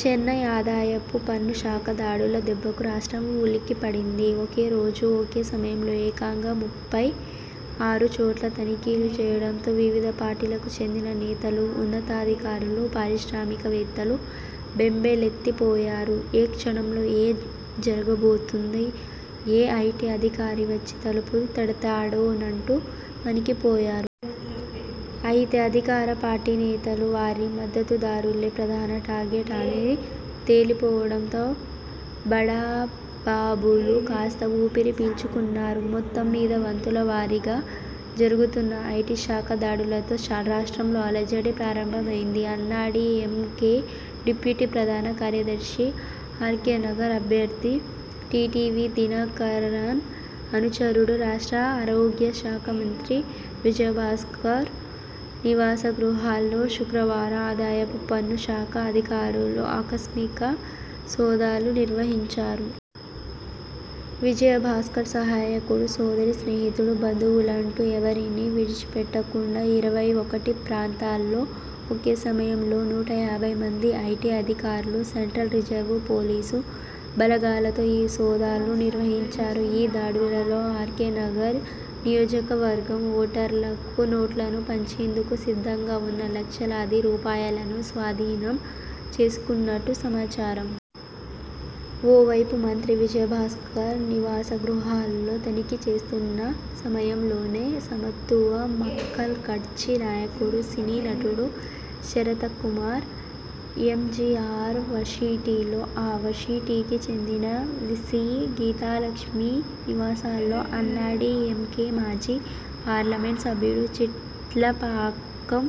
చెన్నై ఆదాయపు పన్నుశాఖ దాడుల దెబ్బకు రాష్ట్రం ఉలిక్కిపడింది. ఒకే రోజు, ఒకే సమయంలో ఏకంగా ముప్పై ఆరు చోట్ల తనిఖీలు చేయడంతో వివిధ పార్టీలకు చెందిన నేతలు, ఉన్నతాధికారులు, పారిశ్రామికవేత్తలు బెంబేలెత్తిపోయారు. ఏ క్షణంలో ఏం జరుగుతుందో, ఏ ఐటీ అధికారి వచ్చి తలుపు తడతాడోనంటూ వణికిపోయారు. అయితే అధికార పార్టీ నేతలు, వారి మద్దతుదారులే ప్రధాన టార్గెట్ అని తేలిపోవడంతో బడాబాబులు కాస్త ఊపిరి పీల్చుకున్నారు. మొత్తం మీద వంతుల వారీగా జరుగుతున్న ఐటీశాఖ దాడులతో రాష్ట్రంలో అలజడి ప్రారంభమైంది. అన్నాడీఎంకే డిప్యూటీ ప్రధాన కార్యదర్శి, ఆర్కేనగర్ అభ్యర్థి టీటీవీ దినకరన్ అనుచరుడు రాష్ట్ర ఆరోగ్యశాఖ మంత్రి విజయభాస్కర్ నివాసగృహాల్లో శుక్రవారం ఆదాయపు పన్నుశాఖ అధికారులు ఆకస్మిక సోదాలు నిర్వహించారు. విజయభాస్కర్ సహాయకుడు, సోదరి, స్నేహితుడు, బంధువులంటూ ఎవరినీ విడిచిపెట్టకుండా ఇరవై ఒకటి ప్రాంతాల్లో ఒకే సమయంలో నూట యాభై మంది ఐటీ అధికారులు, సెంట్రల్ రిజర్వు పోలీసు బలగాలతో ఈ సోదాలు నిర్వహించారు. ఈ దాడులలో ఆర్కేనగర్ నియోజకవర్గం ఓటర్లకు నోట్లను పంచేందుకు సిద్ధంగా ఉన్న లక్షలాది రూపాయలను స్వాధీనం చేసుకున్నట్టు సమాచారం. ఓ వైపు మంత్రి విజయభాస్కర్ నివాసగృహాల్లో తనిఖీచేస్తున్న సమయంలోనే సమత్తువ మక్కల్ కట్చి నాయకుడు, సినీ నటుడు శరతకుమార్, ఎంజీఆర్ వర్శిటీలో, ఆ వర్శిటీకి చెందిన వీసీ గీతాలక్ష్మి నివాసాల్లో, అన్నాడీఎంకే మాజీ పార్లమెంట్ సభ్యుడు చీట్లపాక్కం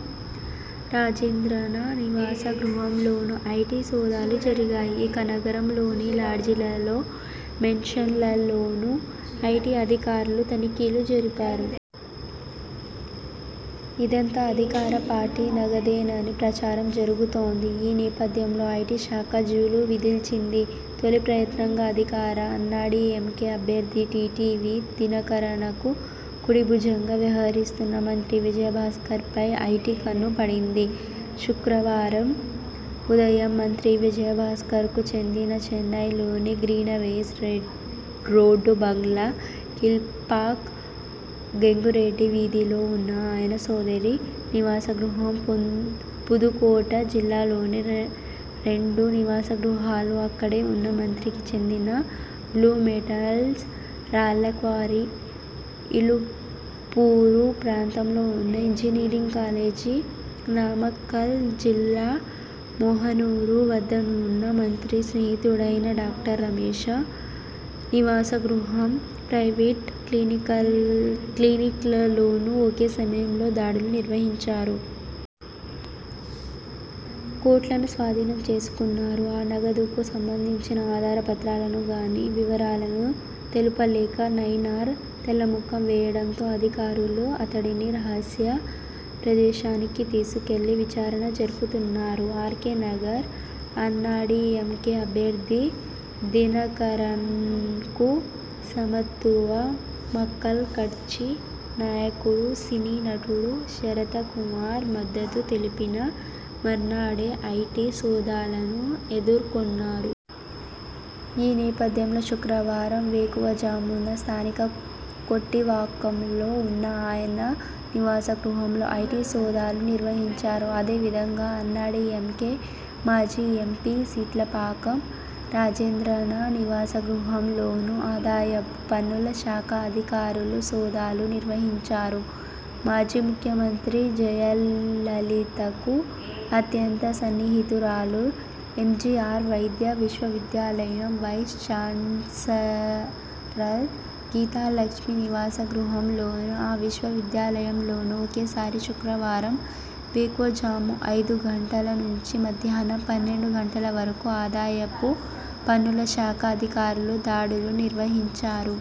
రాజేంద్రన నివాసగృహంలోను ఐటీ సోదాలు జరిగాయి. ఇక నగరంలోని లాడ్జీలలో, మేన్షన్ లలోనూ ఐటీ అధికారులు తనిఖీలు జరిపారు. ఇదంతా అధికార పార్టీ నగదేనని ప్రచారం జరుగుతోంది. ఈ నేపథ్యంలో ఐటీ శాఖ జూలు విదిల్చింది. తొలి ప్రయత్నంగా అధికార అన్నాడీఎంకే అభ్యర్థి టీటీవీ దినకరనకు కుడిభుజంగా వ్యవహరిస్తున్న మంత్రి విజయభాస్కర్పై ఐటీ కన్ను పడింది. శుక్రవారం ఉదయం మంత్రి విజయభాస్కర్కు చెందిన చెన్నైలోని గ్రీనవేస్ రోడ్డు బంగ్లా, కీల్పాక్ గెంగురెడ్డి వీధిలో ఉన్న ఆయన సోదరి నివాసగృహం, పోన్ పుదుకోట జిల్లాలోని రెండు నివాసగృహాలు, అక్కడే వున్న మంత్రికి చెందిన బ్లూమెటల్స్ రాళ్లక్వారీ, ఇలుప్పూరు ప్రాంతంలో ఉన్న ఇంజనీరింగ్ కాలేజీ, నామక్కల్ జిల్లా మోహనూరు వద్దనున్న మంత్రి స్నేహితుడైన డాక్టర్ రమేశ నివాసగృహం, ప్రైవేట్ క్లినికల్ క్లినిక్లలోనూ ఒకే సమయంలో దాడులు నిర్వహించారు. కోట్లను స్వాధీనం చేసుకున్నారు. ఆ నగదుకు సంబంధించిన ఆధార పత్రాలను గానీ, వివరాలను తెలుపలేక నైనార్ తెల్లముఖం వేయడంతో అధికారులు అతడిని రహస్య ప్రదేశానికి తీసుకెళ్లి విచారణ జరుపుతున్నారు. ఆర్కేనగర్ అన్నాడీఎంకే అభ్యర్థి దినకరన్కు సమత్తువ మక్కల్ కట్చి నాయకుడు సినీనటుడు శరతకుమార్ మద్దతు తెలిపిన మర్నాడే ఐటీ సోదాలను ఎదుర్కొన్నారు. ఈ నేపథ్యంలో శుక్రవారం వేకువజామున స్థానిక కొట్టివాక్కంలో ఉన్న ఆయన నివాసగృహంలో ఐటీ సోదాలు నిర్వహించారు. అదే విధంగా అన్నాడీఎంకే మాజీ ఎంపీ సిట్లపాకం రాజేంద్రన నివాసగృహంలోనూ ఆదాయపు పన్నుల శాఖ అధికారులు సోదాలు నిర్వహించారు. మాజీ ముఖ్యమంత్రి జయలలితకు అత్యంత సన్నిహితురాలు, ఎంజీఆర్ వైద్య విశ్వవిద్యాలయం వైస్ ఛాన్సరల్ గీతాలక్ష్మి నివాసగృహంలోను, ఆ విశ్వవిద్యాలయంలోనూ ఒకేసారి శుక్రవారం వేకువజాము ఐదు గంటల నుంచి మధ్యాహ్నం పన్నెండు గంటల వరకు ఆదాయపు పన్నుల శాఖ అధికారులు దాడులు నిర్వహించారు.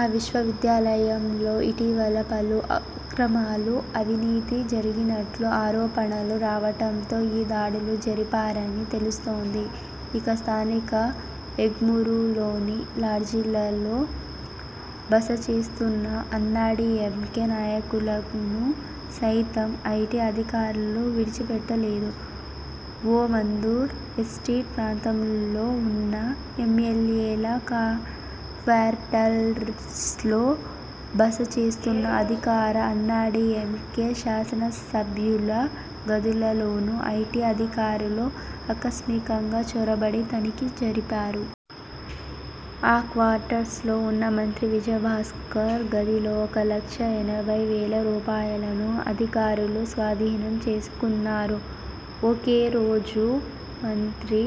ఆ విశ్వవిద్యాలయంలో ఇటీవల పలు అక్రమాలు, అవినీతి జరిగినట్లు ఆరోపణలు రావటంతో ఈ దాడులు జరిపారని తెలుస్తోంది. ఇక స్థానిక ఎగ్మూరులోని లాడ్జీలలో బసచేస్తున్న అన్నాడీఎంకే నాయకులను సైతం ఐటీ అధికారులు విడిచిపెట్టలేదు. ఓమందూర్ ఎస్టేట్ ప్రాంతంలో ఉన్న ఎం ఎమ్మెల్యేల క్వార్టర్స్లో బసచేస్తున్న అధికార అన్నాడీఎంకే శాసనసభ్యుల గదులలోనూ ఐటీ అధికారులు ఆకస్మికంగా చొరబడి తనిఖీ జరిపారు. ఆ క్వార్టర్స్లో ఉన్న మంత్రి విజయభాస్కర్ గదిలో ఒక లక్ష ఎనభై వేల రూపాయలను అధికారులు స్వాధీనం చేసుకున్నారు. ఒకే రోజు మంత్రి